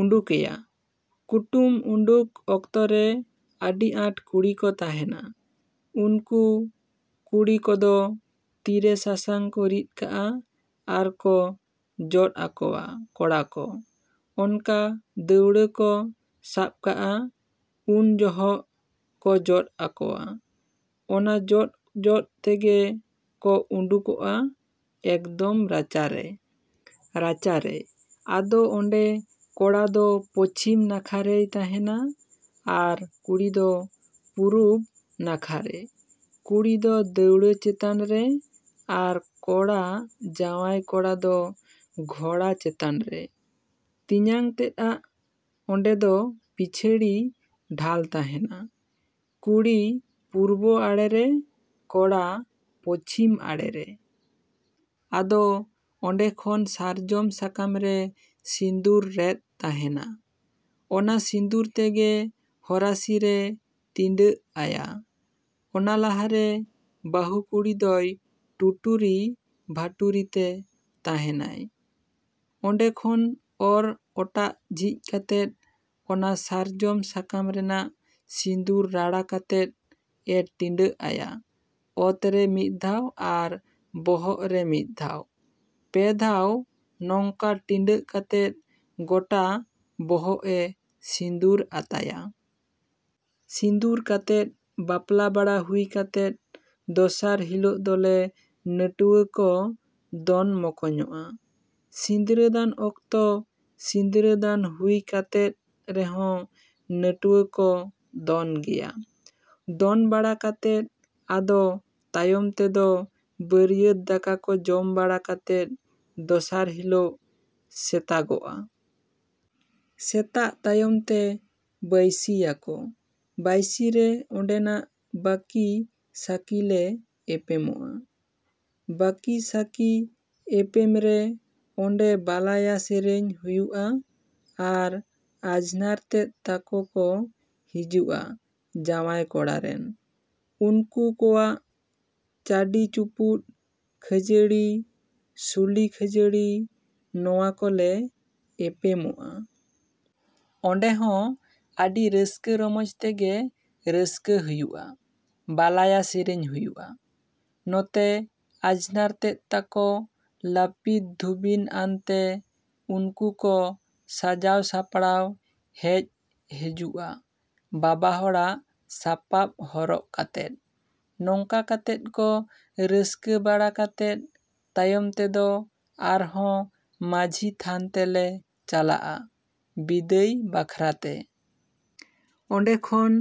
ᱩᱰᱩᱠᱮᱭᱟ᱾ ᱠᱩᱴᱩᱢ ᱩᱰᱩᱠ ᱚᱠᱛᱚ ᱨᱮ ᱟᱹᱰᱤᱼᱟᱸᱴ ᱠᱩᱲᱤᱠᱚ ᱛᱟᱦᱮᱱᱟ᱾ ᱩᱱᱠᱩ ᱠᱩᱲᱤ ᱠᱚᱫᱚ ᱛᱤᱨᱮ ᱥᱟᱥᱟᱝᱠᱚ ᱨᱤᱫ ᱠᱟᱜᱼᱟ ᱟᱨᱠᱚ ᱡᱚᱫ ᱟᱠᱚᱣᱟ ᱠᱚᱲᱟ ᱠᱚ᱾ ᱚᱱᱠᱟ ᱫᱟᱹᱣᱲᱟᱹᱠᱚ ᱥᱟᱵᱠᱟᱜᱼᱟ ᱩᱱ ᱡᱚᱦᱚᱜ ᱠᱚ ᱡᱚᱫ ᱟᱠᱚᱣᱟ᱾ ᱚᱱᱟ ᱡᱚᱫ ᱡᱚᱫ ᱛᱮᱜᱮ ᱠᱚ ᱩᱰᱩᱠᱚᱜᱼᱟ ᱮᱠᱫᱚᱢ ᱨᱟᱪᱟᱨᱮ᱾ ᱨᱟᱪᱟᱨᱮ ᱟᱫᱚ ᱚᱸᱰᱮ ᱠᱚᱲᱟᱫᱚ ᱯᱚᱪᱷᱤᱢ ᱱᱟᱠᱷᱟᱨᱮᱭ ᱛᱟᱦᱮᱱᱟ ᱟᱨ ᱠᱩᱲᱤ ᱫᱚ ᱯᱩᱨᱩᱵᱽ ᱱᱟᱠᱷᱟᱨᱮ᱾ ᱠᱩᱲᱤ ᱫᱚ ᱫᱟᱹᱣᱲᱟᱹ ᱪᱮᱛᱟᱱᱨᱮ ᱟᱨ ᱠᱚᱲᱟ ᱡᱟᱶᱟᱭ ᱠᱚᱲᱟᱫᱚ ᱜᱷᱚᱲᱟ ᱪᱮᱛᱟᱱᱨᱮ᱾ ᱛᱮᱧᱟᱝ ᱛᱮᱫᱼᱟᱜ ᱚᱸᱰᱮᱫᱚ ᱯᱤᱪᱷᱟᱹᱲᱤ ᱰᱷᱟᱞ ᱛᱟᱦᱮᱱᱟ᱾ ᱠᱩᱲᱤ ᱯᱩᱨᱵᱚ ᱟᱲᱮᱨᱮ, ᱠᱚᱲᱟ ᱯᱚᱪᱷᱤᱢ ᱟᱲᱮᱨᱮ᱾ ᱟᱫᱚ ᱚᱸᱰᱮ ᱠᱷᱚᱱ ᱥᱟᱨᱡᱚᱢ ᱥᱟᱠᱟᱢᱨᱮ ᱥᱤᱸᱫᱩᱨ ᱨᱮᱫ ᱛᱟᱦᱮᱱᱟ᱾ ᱚᱱᱟ ᱥᱤᱸᱫᱩᱨ ᱛᱮᱜᱮ ᱦᱚᱨᱟᱥᱤ ᱨᱮ ᱴᱤᱰᱟᱹᱜᱼᱟᱭᱟ᱾ ᱚᱱᱟ ᱞᱟᱦᱟᱨᱮ ᱵᱟᱹᱦᱩ ᱠᱩᱲᱤᱫᱚᱭ ᱴᱩᱴᱩᱨᱤ ᱵᱟᱹᱴᱩᱨᱤᱛᱮ ᱛᱮᱦᱮᱱᱟᱭ᱾ ᱚᱸᱰᱮ ᱠᱷᱚᱱ ᱚᱨ ᱚᱴᱟᱜ ᱡᱷᱤᱡ ᱠᱟᱛᱮᱫ ᱚᱱᱟ ᱥᱟᱨᱡᱚᱢ ᱥᱟᱠᱟᱢ ᱨᱮᱱᱟᱜ ᱥᱤᱸᱫᱩᱨ ᱨᱟᱲᱟ ᱠᱟᱛᱮᱫ ᱮ ᱴᱤᱰᱟᱹᱜ ᱟᱭᱟ ᱚᱛᱨᱮ ᱢᱤᱫ ᱫᱷᱟᱣ ᱟᱨ ᱵᱚᱦᱚᱜᱨᱮ ᱢᱤᱫ ᱫᱷᱟᱣ, ᱯᱮ ᱫᱷᱟᱣ ᱱᱚᱝᱠᱟ ᱴᱤᱰᱟᱹᱜ ᱠᱟᱛᱮᱫ ᱜᱚᱴᱟ ᱵᱚᱦᱚᱜᱼᱮ ᱥᱤᱸᱫᱩᱨ ᱟᱛᱟᱭᱟ᱾ ᱥᱤᱸᱫᱩᱨ ᱠᱟᱛᱮᱫ ᱵᱟᱯᱞᱟ ᱵᱟᱲᱟ ᱦᱩᱭ ᱠᱟᱛᱮᱫ ᱫᱚᱥᱟᱨ ᱦᱤᱞᱟᱹᱜ ᱫᱚᱞᱮ ᱱᱟᱹᱴᱩᱣᱟᱹᱠᱚ ᱫᱚᱱ ᱢᱚᱠᱚᱧᱚᱜᱼᱟ᱾ ᱥᱤᱸᱫᱽᱨᱟᱹᱫᱟᱱ ᱚᱠᱛᱚ ᱥᱤᱸᱫᱽᱨᱟᱹᱫᱟᱱ ᱦᱩᱭ ᱠᱟᱛᱮᱫ ᱨᱮᱦᱚᱸ ᱱᱟᱹᱴᱩᱣᱟᱹᱠᱚ ᱫᱚᱱ ᱜᱮᱭᱟ᱾ ᱫᱚᱱ ᱵᱟᱲᱟ ᱠᱟᱛᱮᱫ ᱟᱫᱚ ᱛᱟᱭᱚᱢ ᱛᱮᱫᱚ ᱵᱟᱹᱨᱭᱟᱹᱛ ᱫᱟᱠᱟᱠᱚ ᱡᱚᱢ ᱵᱟᱲᱟ ᱠᱟᱛᱮᱫ ᱫᱚᱥᱟᱨ ᱦᱤᱞᱟᱹᱜ ᱥᱮᱛᱟᱜᱚᱼᱟ᱾ ᱥᱮᱛᱟᱜ ᱛᱟᱭᱚᱢ ᱛᱮ ᱵᱟᱹᱭᱥᱤᱭᱟᱠᱚ᱾ ᱵᱟᱭᱥᱤᱨᱮ ᱚᱸᱰᱮᱱᱟᱜ ᱵᱟᱹᱠᱤᱼᱥᱟᱹᱠᱤᱞᱮ ᱮᱯᱮᱢᱚᱜᱼᱟ᱾ ᱵᱟᱹᱠᱤᱼᱥᱟᱹᱠᱤ ᱮᱯᱮᱢᱨᱮ ᱚᱸᱰᱮ ᱵᱟᱞᱟᱭᱟ ᱥᱮᱨᱮᱧ ᱦᱩᱭᱩᱜᱼᱟ ᱟᱨ ᱟᱡᱷᱱᱟᱨ ᱛᱮᱫ ᱛᱟᱠᱚ ᱠᱚ ᱦᱤᱡᱩᱜᱼᱟ ᱡᱟᱶᱟᱭ ᱠᱚᱲᱟᱨᱮᱱ᱾ ᱩᱱᱠᱚ ᱠᱚᱣᱟᱜ ᱪᱟᱹᱰᱤ ᱪᱩᱯᱩᱫ, ᱠᱷᱟᱹᱡᱟᱹᱲᱤ, ᱥᱩᱞᱤ ᱠᱷᱟᱹᱡᱟᱹᱲᱤ ᱱᱚᱣᱟ ᱠᱚ ᱞᱮ ᱮᱯᱮᱢᱚᱜᱼᱟ᱾ ᱚᱸᱰᱮᱦᱚᱸ ᱟᱹᱰᱤ ᱨᱟᱹᱥᱠᱟᱹ ᱨᱚᱢᱚᱡᱽ ᱛᱮᱜᱮ ᱨᱟᱹᱥᱠᱟᱹ ᱦᱩᱭᱩᱜᱼᱟ, ᱵᱟᱞᱟᱭᱟ ᱥᱮᱨᱮᱧ ᱦᱩᱭᱩᱜᱼᱟ᱾ ᱱᱚᱛᱮ ᱟᱡᱷᱱᱟᱨ ᱛᱮᱫ ᱛᱟᱠᱚ ᱞᱟᱹᱯᱤᱛ ᱫᱷᱩᱵᱤᱱ ᱟᱱᱛᱮ ᱩᱱᱠᱚ ᱠᱚ ᱥᱟᱡᱟᱣ ᱥᱟᱯᱲᱟᱣ ᱦᱮᱡ ᱦᱮᱡᱩᱜᱼᱟ ᱵᱟᱵᱟ ᱦᱚᱲᱟᱜ ᱥᱟᱯᱟᱯ ᱦᱚᱨᱚᱜ ᱠᱟᱛᱮᱫ᱾ ᱱᱚᱝᱠᱟ ᱠᱟᱛᱮᱫ ᱠᱚ ᱨᱟᱹᱥᱠᱟᱹ ᱵᱟᱲᱟ ᱠᱟᱛᱮᱫ ᱛᱟᱭᱚᱢ ᱛᱮᱫᱚ ᱟᱨᱦᱚᱸ ᱢᱟᱺᱡᱷᱤ ᱛᱷᱟᱱ ᱛᱮᱞᱮ ᱪᱟᱞᱟᱜᱼᱟ ᱵᱤᱫᱟᱹᱜ ᱵᱟᱠᱷᱨᱟ ᱛᱮ᱾ ᱚᱸᱰᱮ ᱠᱷᱚᱱ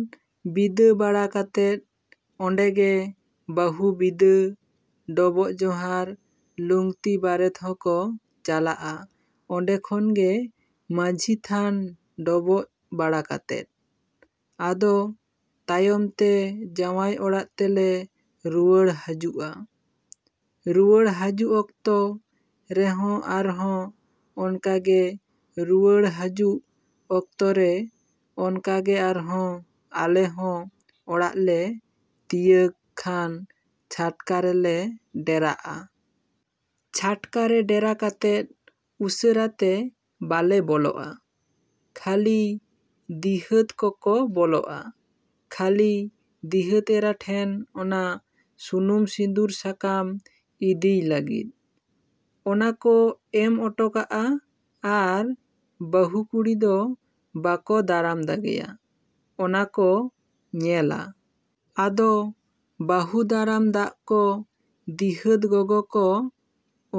ᱵᱤᱫᱟᱹ ᱵᱟᱲᱟ ᱠᱟᱛᱮᱫ ᱚᱸᱰᱮᱜᱮ ᱵᱟᱹᱦᱩ ᱵᱤᱫᱟᱹ, ᱰᱚᱵᱚᱜ ᱡᱚᱦᱟᱨ, ᱞᱩᱝᱛᱤ ᱵᱟᱨᱮᱛ ᱦᱚᱸᱠᱚ ᱪᱟᱞᱟᱜᱼᱟ ᱚᱸᱰᱮ ᱠᱷᱚᱱᱜᱮ ᱢᱟᱺᱡᱷᱤ ᱛᱷᱟᱱ ᱰᱚᱵᱚᱜ ᱵᱟᱲᱟ ᱠᱟᱛᱮᱫ᱾ ᱟᱫᱚ ᱛᱟᱭᱚᱢᱛᱮ ᱡᱟᱶᱟᱭ ᱚᱲᱟᱜ ᱛᱮᱞᱮ ᱨᱩᱣᱟᱹᱲ ᱦᱟᱹᱡᱩᱜᱼᱟ᱾ ᱨᱩᱣᱟᱹᱲ ᱦᱟᱹᱡᱩᱜ ᱚᱠᱛᱚ ᱨᱮᱦᱚᱸ ᱟᱨᱦᱚᱸ ᱚᱝᱠᱟᱜᱮ ᱨᱩᱣᱟᱹᱲ ᱦᱟᱹᱡᱩᱜ ᱚᱠᱛᱚᱨᱮ ᱚᱝᱠᱟᱜᱮ ᱟᱨᱦᱚᱸ ᱟᱞᱮᱦᱚᱸ ᱚᱲᱟᱜᱞᱮ ᱛᱤᱭᱟᱹᱜ ᱠᱷᱟᱱ ᱪᱷᱟᱴᱠᱟ ᱨᱮᱞᱮ ᱰᱮᱨᱟᱜᱼᱟ᱾ ᱪᱷᱟᱴᱠᱟ ᱨᱮ ᱰᱮᱨᱟ ᱠᱟᱛᱮᱫ ᱩᱥᱟᱹᱨᱟᱛᱮ ᱵᱟᱞᱮ ᱵᱚᱞᱚᱜᱼᱟ᱾ ᱠᱷᱟᱹᱞᱤ ᱫᱤᱦᱟᱹᱛ ᱠᱚᱠᱚ ᱵᱚᱞᱚᱜᱼᱟ ᱠᱷᱟᱹᱞᱤ ᱫᱤᱦᱟᱹᱛ ᱮᱨᱟ ᱴᱷᱮᱱ ᱚᱱᱟ ᱥᱩᱱᱩᱢ ᱥᱤᱸᱫᱩᱨ ᱥᱟᱠᱟᱢ ᱤᱫᱤᱭ ᱞᱟᱹᱜᱤᱫ᱾ ᱚᱱᱟᱠᱚ ᱮᱢ ᱚᱴᱚᱠᱟᱜᱼᱟ ᱟᱨ ᱵᱟᱹᱦᱩ ᱠᱩᱲᱤ ᱫᱚ ᱵᱟᱠᱚ ᱫᱟᱨᱟᱢ ᱫᱟᱜᱮᱭᱟ᱾ ᱚᱱᱟᱠᱚ ᱧᱮᱞᱟ᱾ ᱟᱫᱚ ᱵᱟᱹᱦᱩ ᱫᱟᱨᱟᱢ ᱫᱟᱜ ᱠᱚ ᱫᱤᱦᱟᱹᱛ ᱜᱚᱜᱚ ᱠᱚ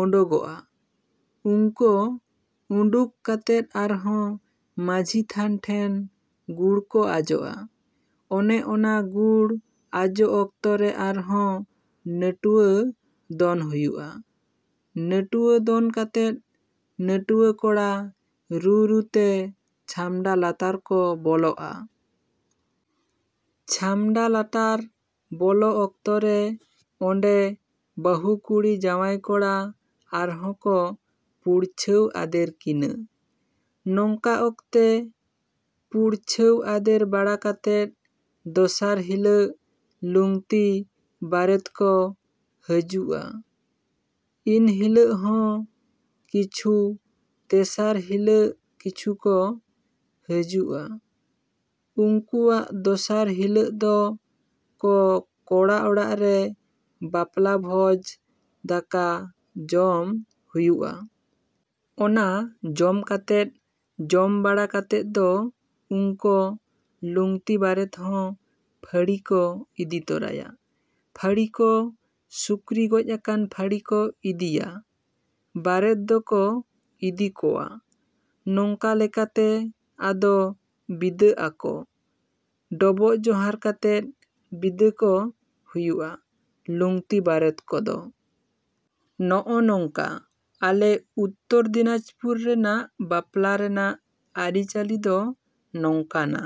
ᱚᱰᱳᱜᱚᱼᱟ᱾ ᱩᱝᱠᱚ ᱩᱰᱩᱠ ᱠᱟᱛᱮᱫ ᱟᱨᱦᱚᱸ ᱢᱟᱺᱡᱷᱤ ᱛᱷᱟᱱ ᱴᱷᱮᱱ ᱜᱩᱲᱠᱚ ᱟᱡᱚᱜᱼᱟ᱾ ᱚᱱᱮ ᱚᱱᱟ ᱜᱩᱲ ᱟᱡᱚ ᱚᱠᱛᱚᱨᱮ ᱟᱨᱦᱚᱸ ᱱᱟᱹᱴᱩᱣᱟᱹ ᱫᱚᱱ ᱦᱩᱭᱩᱜᱼᱟ᱾ ᱱᱟᱹᱴᱩᱣᱟᱹ ᱫᱚᱱ ᱠᱟᱛᱮᱫ ᱱᱟᱹᱴᱩᱣᱟᱹ ᱠᱚᱲᱟ ᱨᱩᱼᱨᱩᱛᱮ ᱪᱷᱟᱢᱰᱟ ᱞᱟᱛᱟᱨ ᱠᱚ ᱵᱚᱞᱚᱜᱼᱟ᱾ ᱪᱷᱟᱢᱰᱟ ᱞᱟᱴᱟᱨ ᱵᱚᱞᱚ ᱚᱠᱛᱚᱨᱮ ᱚᱸᱰᱮ ᱵᱟᱹᱦᱩ ᱠᱩᱲᱤ ᱡᱟᱶᱟᱭ ᱠᱚᱲᱟ ᱟᱨᱦᱚᱸᱠᱚ ᱯᱩᱲᱪᱷᱟᱹᱣ ᱟᱫᱮᱨ ᱠᱤᱱᱟᱹ᱾ ᱱᱚᱝᱠᱟ ᱚᱠᱛᱮ ᱯᱩᱲᱪᱷᱟᱹᱣ ᱟᱫᱮᱨ ᱵᱟᱲᱟ ᱠᱟᱛᱮᱫ ᱫᱚᱥᱟᱨ ᱦᱤᱞᱟᱹᱜ ᱞᱩᱝᱛᱤ ᱵᱟᱨᱮᱛᱠᱚ ᱦᱟᱹᱡᱩᱜᱼᱟ᱾ ᱤᱱᱦᱤᱞᱟᱹᱜᱦᱚᱸ ᱠᱤᱪᱷᱩ, ᱛᱮᱥᱟᱨ ᱦᱤᱞᱟᱹᱜ ᱠᱤᱪᱷᱩᱠᱚ ᱦᱟᱹᱡᱩᱜᱼᱟ᱾ ᱩᱝᱠᱚᱣᱟᱜ ᱫᱚᱥᱟᱨ ᱦᱤᱞᱟᱹᱜᱫᱚ ᱠᱚ ᱠᱚᱲᱟ ᱚᱲᱟᱜᱨᱮ ᱵᱟᱯᱞᱟ ᱵᱷᱚᱡᱽ ᱫᱟᱠᱟ ᱡᱚᱢ ᱦᱩᱭᱩᱜᱼᱟ᱾ ᱚᱱᱟ ᱡᱚᱢ ᱠᱟᱛᱮᱫ ᱡᱚᱢ ᱵᱟᱲᱟ ᱠᱟᱛᱮᱫ ᱫᱚ ᱩᱝᱠᱚ ᱞᱩᱝᱛᱤ ᱵᱟᱨᱮᱛᱦᱚᱸ ᱯᱷᱟᱹᱲᱤᱠᱚ ᱤᱫᱤ ᱛᱚᱨᱟᱭᱟ᱾ ᱯᱷᱟᱹᱲᱤᱠᱚ, ᱥᱩᱠᱨᱤ ᱜᱚᱡ ᱟᱠᱟᱱ ᱯᱷᱟᱹᱲᱤᱠᱚ ᱤᱫᱤᱭᱟ᱾ ᱵᱟᱨᱮᱫ ᱫᱚᱠᱚ ᱤᱫᱤ ᱠᱚᱣᱟ᱾ ᱱᱚᱝᱠᱟ ᱞᱮᱠᱟᱛᱮ ᱟᱫᱚ ᱵᱤᱫᱟᱹᱜ ᱟᱠᱚ᱾ ᱰᱚᱵᱚᱜ ᱡᱚᱦᱟᱨ ᱠᱟᱛᱮᱫ ᱵᱤᱫᱟᱹᱠᱚ ᱦᱩᱭᱩᱜᱼᱟ ᱞᱩᱝᱛᱤ ᱵᱟᱨᱮᱛ ᱠᱚᱫᱚ᱾ ᱱᱚᱜᱼᱚ ᱱᱚᱝᱠᱟ ᱟᱞᱮ ᱩᱛᱛᱚᱨ ᱫᱤᱱᱟᱡᱽᱯᱩᱨ ᱨᱮᱱᱟᱜ ᱵᱟᱯᱞᱟ ᱨᱮᱱᱟᱜ ᱟᱹᱨᱤᱪᱟᱹᱞᱤ ᱫᱚ ᱱᱚᱝᱠᱟᱱᱟ᱾